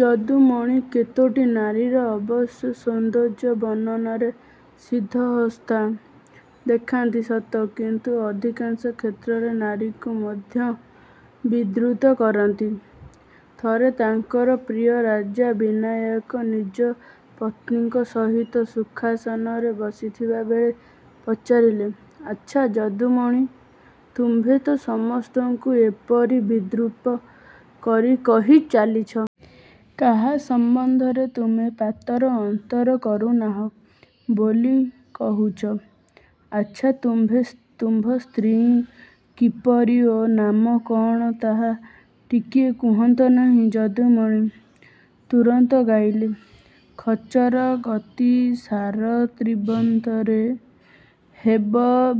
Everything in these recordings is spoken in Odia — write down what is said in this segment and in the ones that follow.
ଯଦୁମଣି କେତୋଟି ନାରୀର ଅବଶ୍ୟ ସୌନ୍ଦର୍ଯ୍ୟ ବର୍ଣ୍ଣନାରେ ସିଦ୍ଧହସ୍ତତା ଦେଖାନ୍ତି ସତ କିନ୍ତୁ ଅଧିକାଂଶ କ୍ଷେତ୍ରରେ ନାରୀକୁ ମଧ୍ୟ ବିଦ୍ରୂତ କରନ୍ତି। ଥରେ ତାଙ୍କର ପ୍ରିୟରାଜା ବିନାୟକ ନିଜପତ୍ନୀଙ୍କ ସହିତ ସୁଖାସନରେ ବସିଥିବାବେଳେ ପଚାରିଲେ- 'ଆଚ୍ଛା ଯଦୁମଣି, ତୁମ୍ଭେ ତ ସମସ୍ତଙ୍କୁ ଏପରି ବିଦ୍ରୂପ କରି କହି ଚାଲିଛ। କାହା ସମ୍ବନ୍ଧରେ ତୁମ୍ଭେ ପାତର ଅନ୍ତର କରୁନାହଁ ବୋଲି କହୁଚ। ଆଚ୍ଛା ତୁମ୍ଭ ସ୍ତ୍ରୀ କିପରି ଓ ନାମ କଣ ତାହା ଟିକିଏ କହନ୍ତ ନାହିଁ? ଯଦୁମଣି ତୁରନ୍ତ ଗାଇଲେ- ଖଚର ଗତି ସାର ତ୍ରିବର୍ଣ୍ଣରେ ହେବ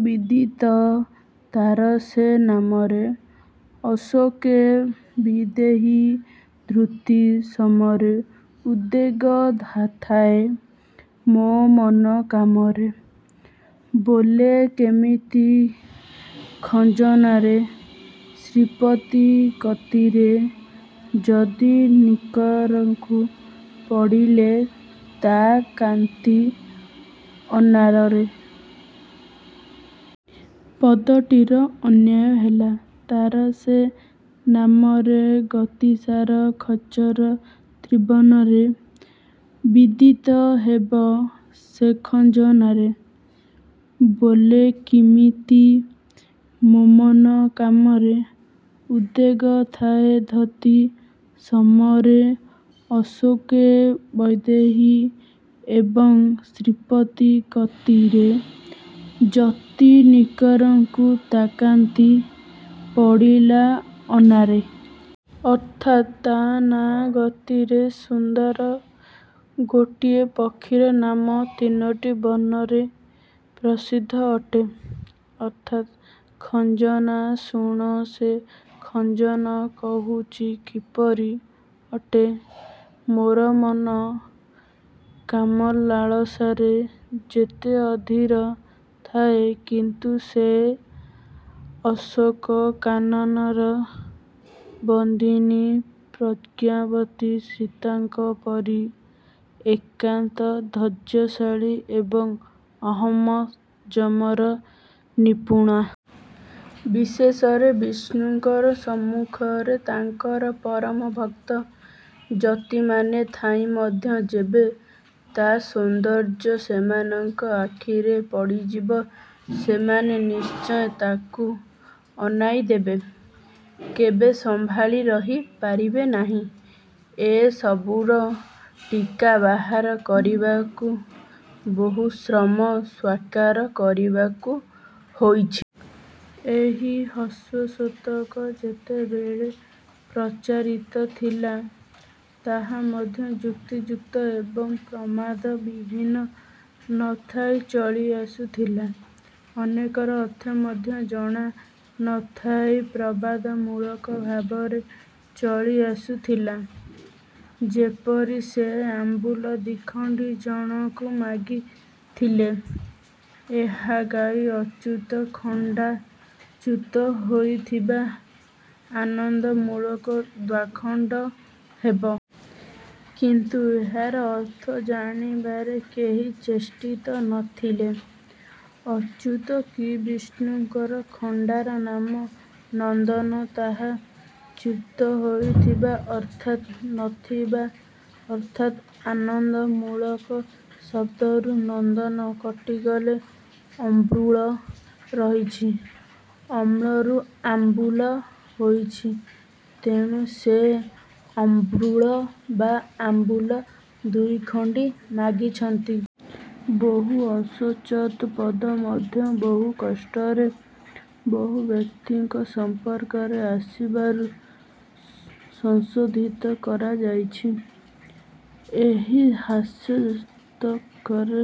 ବିଦିତ ତାର ସେ ନାମରେ ଅଶୋକେ ବୈଦେହୀ ଧୃତି ସମରେ ଉଦ୍ବେଗ ଥାଏ ମୋ ମନ କାମରେ ବୋଲେ କିମତି ଖଞ୍ଜନାରେ ଶ୍ରୀପତି କତିରେ ଯତି ନିକରଙ୍କୁ ପଡ଼ିଲେ ତା କାନ୍ତି ଅନାରେ। ପଦଟିର ଅନ୍ୱୟ ହେଲା- ତାର ସେ ନାମରେ ଗତିସାର ଖ−ଚର ତ୍ରୀବର୍ଣ୍ଣରେ ବିଦିତ ହେବ। ସେ ଖଞ୍ଜନାରେ ବୋଲେ କିମିତି? ମୋ ମନ କାମରେ ଉଦ୍ବେଗ ଥାଏ ଧତି ସମରେ ଅଶୋକେ ବୈଦେହୀ ଏବଂ ଶ୍ରୀପତି କତିରେ ଯତି ନିକରଙ୍କୁ ତା କାନ୍ତି ପଡ଼ିଲେ ଅନାରେ। ଅର୍ଥାତ-ତା ନାଁ ଗତିରେ ସୁନ୍ଦର ଗୋଟିଏ ପକ୍ଷୀର ନାମ ତିନୋଟି ବର୍ଣ୍ଣରେ ପ୍ରସିଦ୍ଧ ଅଟେ। ଅର୍ଥାତ୍ 'ଖଂଜନା'। ଶୁଣ ସେ ଖଂଜନ, କହୁଛି କିପରି ଅଟେ? ମୋର ମନ କାମ ଲାଳସାରେ ଯେତେ ଅଧୀର ଥାଏ, କିନ୍ତୁ ସେ ଅଶୋକ କାନନର ବନ୍ଦିନୀ ପ୍ରଜ୍ଞାବତୀ ସୀତାଙ୍କ ପରି ଏକାନ୍ତ ଧୈର୍ଯ୍ୟଶାଳୀ ଏବଂ ଆତ୍ମସଂଯମର ନିପୁଣା। ବିଶେଷରେ ବିଷ୍ଣୁଙ୍କ ସମ୍ମୁଖରେ ତାଙ୍କର ପରମ ଭକ୍ତ ଯତିମାନେ ଥାଇ ମଧ୍ୟ ଯେବେ ତା ସୌନ୍ଦର୍ଯ୍ୟ ସେମାନଙ୍କ ଆଖିରେ ପଡ଼ିଯିବ, ସେମାନେ ନିଶ୍ଚିୟ ତାକୁ ଅନାଇଁ ଦେବେ। କେବେ ସମ୍ଭାଳି ରହି ପାରିବେ ନାହିଁ। ଏ ସବୁର ଟୀକା ବାହାର କରିବାକୁ ବହୁଶ୍ରମ ସ୍ୱୀକାର କରିବାକୁ ହେଇଛି। ଏହି ହାସ୍ୟଶତକ ଯେତେବେଳେ ପ୍ରଚାରିତ ଥିଲା ତାହା ମଧ୍ୟ ଯୁକ୍ତିଯୁକ୍ତ ଏବଂ ପ୍ରମାଦବିହୀନ ନଥାଇ ଚଳି ଆସୁଥିଲା। ଅନେକର ଅର୍ଥ ମଧ୍ୟ ଜଣା ନଥାଇ ପ୍ରବାଦମୂଳକ ଭାବରେ ଚଳିଆସୁଥିଲା। ଯେପରି ସେ ଆମ୍ଭୁଲ ଦିଖଣ୍ଡି ଜଣକୁ ମାଗିଥିଲେ ଏହାଗାଇ- ଅଚ୍ୟୁତ ଖଣ୍ଡା ଚ୍ୟୁତ ହୋଇଥିବ ଆନନ୍ଦମୂଳକ ଦ୍ୱିଖଣ୍ଡ ହେବ। କିନ୍ତୁ ଏହାର ଅର୍ଥ ଜାଣିବାରେ କେହି ଚେଷ୍ଟିତ ନଥିଲେ। ଅଚ୍ୟୁତ କି ବିଷ୍ଣୁଙ୍କର ଖଣ୍ଡାର ନାମ ''ନନ୍ଦକ" ତାହା ଚ୍ୟୁତ ହୋଇଥିବ ଅର୍ଥାତ୍ ନଥିବ ଅର୍ଥାତ୍ ଆନନ୍ଦ ମୂଳକ ଶବ୍ଦରୁ 'ନନ୍ଦନ' କଟିଗଲେ ଅମୃଳ ରହିଛି। ଅମ୍ଳରୁ ଆମ୍ବୁଲ ହୋଇଛି। ତେଣୁ ସେ ଆମୂଳ ବା ଆମ୍ବୁଲ ଦୁଇଖଣ୍ଡ ମାଗିଛନ୍ତି। ବହୁ ଅସଂଚତ ପଦମଧ୍ୟ ବହୁ କଷ୍ଟରେ ବହୁବ୍ୟକ୍ତିଙ୍କ ସଂପର୍କରେ ଆସିବାରୁ ସଂଶୋଧିତ କରାଯାଇଛି। ଏହି ହାସ୍ୟଶତକରେ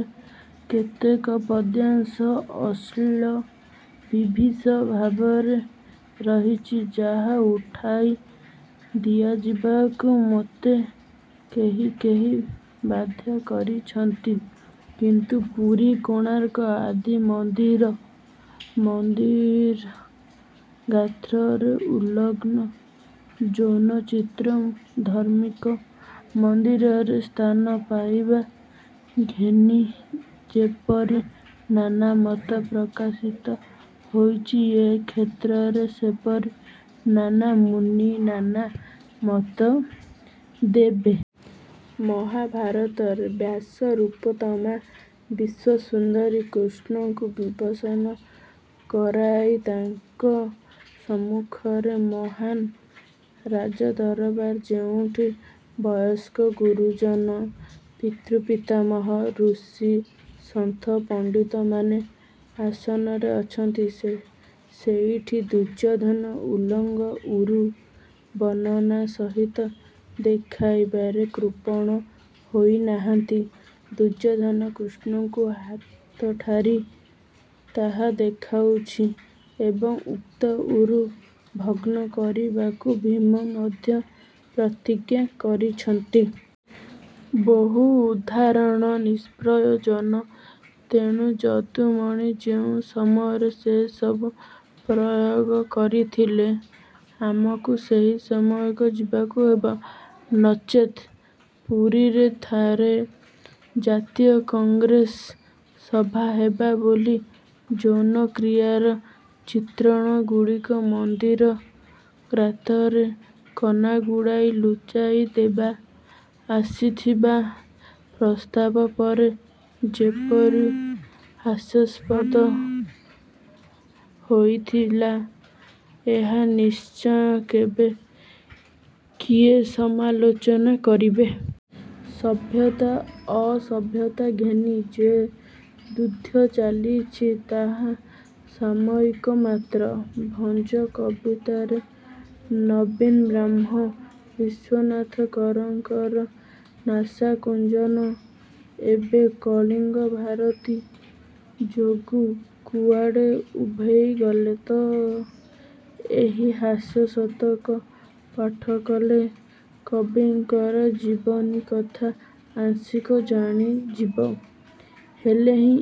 କେତେକ ପଦ୍ୟାଂଶ ଅଶ୍ଳିଳ ବିଭତ୍ସ ଭାବରେ ରହିଛି, ଯାହା ଉଠାଇ ଦିଆଯିବାକୁ ମୋତେ କେହି କେହି ବାଧ୍ୟ କରିଛନ୍ତି। କିନ୍ତୁ ପୁରୀ କୋଣାର୍କ ଆଦି ମନ୍ଦିର ଗାତ୍ରର ଉଲ୍ଲଙ୍ଗ ଯୌନଚିତ୍ର ଧର୍ମ୍ମ ମନ୍ଦିରରେ ସ୍ଥାନ ପାଇବା ଘେନି ଯେପରି ନାନାମତ ପ୍ରକାଶିତ ହେଉଛି, ଏ କ୍ଷେତ୍ରରେ ସେପରି ନାନା ମୁନି ନାନା ମତ ଦେବେ। ମହାଭାରତରେ ବ୍ୟାସ ରୂପୋତ୍ତମା ବିଶ୍ୱସୁନ୍ଦରୀ କୃଷ୍ଣାଙ୍କୁ ବିବସନ କରାଇ ତାଙ୍କ ସମକ୍ଷରେ ମହାନ୍ ରାଜଦରବାର ଯେଉଁଠି ବୟସ୍କ ଗୁରୁଜନ ପିତୃପିତାମହା, ଋଷି, ସନ୍ଥ ପଣ୍ଡିତମାନେ ଆସନରେ ଅଛନ୍ତି, ସେଇଠି ଦୁର୍ଯ୍ୟୋଧନର ଉଲ୍ଲଙ୍ଗ ଊରୁ ବର୍ଣ୍ଣନା ସହିତ ଦେଖାଇବାରେ କୃପଣ ହୋଇନାହାନ୍ତି। ଦୁର୍ଯ୍ୟୋଧନ କୃଷ୍ଣଙ୍କୁ ହାତଠାରି ତାହା ଦେଖାଇଛି ଏବଂ ଉକ୍ତ ଊରୁ ଭଗ୍ନ କରିବାକୁ ଭୀମ ମଧ୍ୟ ପ୍ରତିଜ୍ଞା କରଛନ୍ତି। ବହୁ ଉଦାହରଣ ନିଷ୍ପ୍ରୟୋଜନ। ତେଣୁ ଯଦୁମଣି ଯେଉଁ ସମୟରେ ସେ ସବୁ ପ୍ରୟୋଗ କରିଥିଲେ, ଆମକୁ ସେହି ସମୟକୁ ଯିବାକୁ ହେବ। ନଚେତ୍ ପୁରୀରେ ଥରେ ଜାତୀୟ କଂଗ୍ରେସ ସଭା ହେବ ବୋଲି ଯୌନକ୍ରିୟାର ଚିତ୍ରଣଗୁଡ଼ିକ ମନ୍ଦିର ଗାତ୍ରରେ କନାଗୁଡ଼ାଇ ଲୁଚାଇଦେବା ଆସିଥିବା ପ୍ରସ୍ତାବ ପରେ ଯେପରି ହାସ୍ୟସ୍ପଦ ହୋଇଥିଲା ଏହା ନିଶ୍ଚୟ କେବେ କିଏ ସମାଲୋଚନା କରିବେ। ସଭ୍ୟତା ଅସଭ୍ୟତା ଘେନି ଯେ ଦ୍ୱନ୍ଦ୍ୱ ଚାଲିଛି, ତାହା ସାମୟିକ ମାତ୍ର। ଭଞ୍ଜ କବିତାରେ ନବୀନ ବ୍ରାହ୍ମ ବିଶ୍ୱନାଥ କରଙ୍କ ନାସାକୁଞ୍ଚନ ଏବେ କଳିଙ୍ଗଭାରତୀ ଯୋଗୁଁ କୁଆଡ଼େ ଉଭେଇ ଗଲାତ? ଏହି ହାସ୍ୟଶତକ ପାଠକଲେ କବିଙ୍କର ଜୀବନକଥା ଆଂଶିକ ଜଣାଯିବ। ହେଲେହେଁ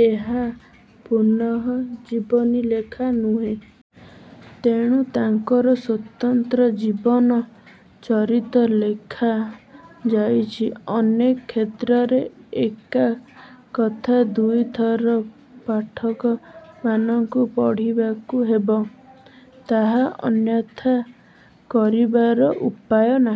ଏହା ସଂପୂର୍ଣ୍ଣ ଜୀବନାଲେଖା ନୁହେଁ। ତେଣୁ ତାଙ୍କର ସ୍ୱତନ୍ତ୍ର ଜୀବନ−ଚରିତ ଲେଖା ଯାଇଛି। ଅନେକ କ୍ଷେତ୍ରରେ ଏକା କଥା ଦୁଇଥର ପାଠକମାନଙ୍କୁ ପଢ଼ିବାକୁ ହେବ। ତାହା ଅନ୍ୟଥା କରିବାର ଉପାୟ ନାହିଁ।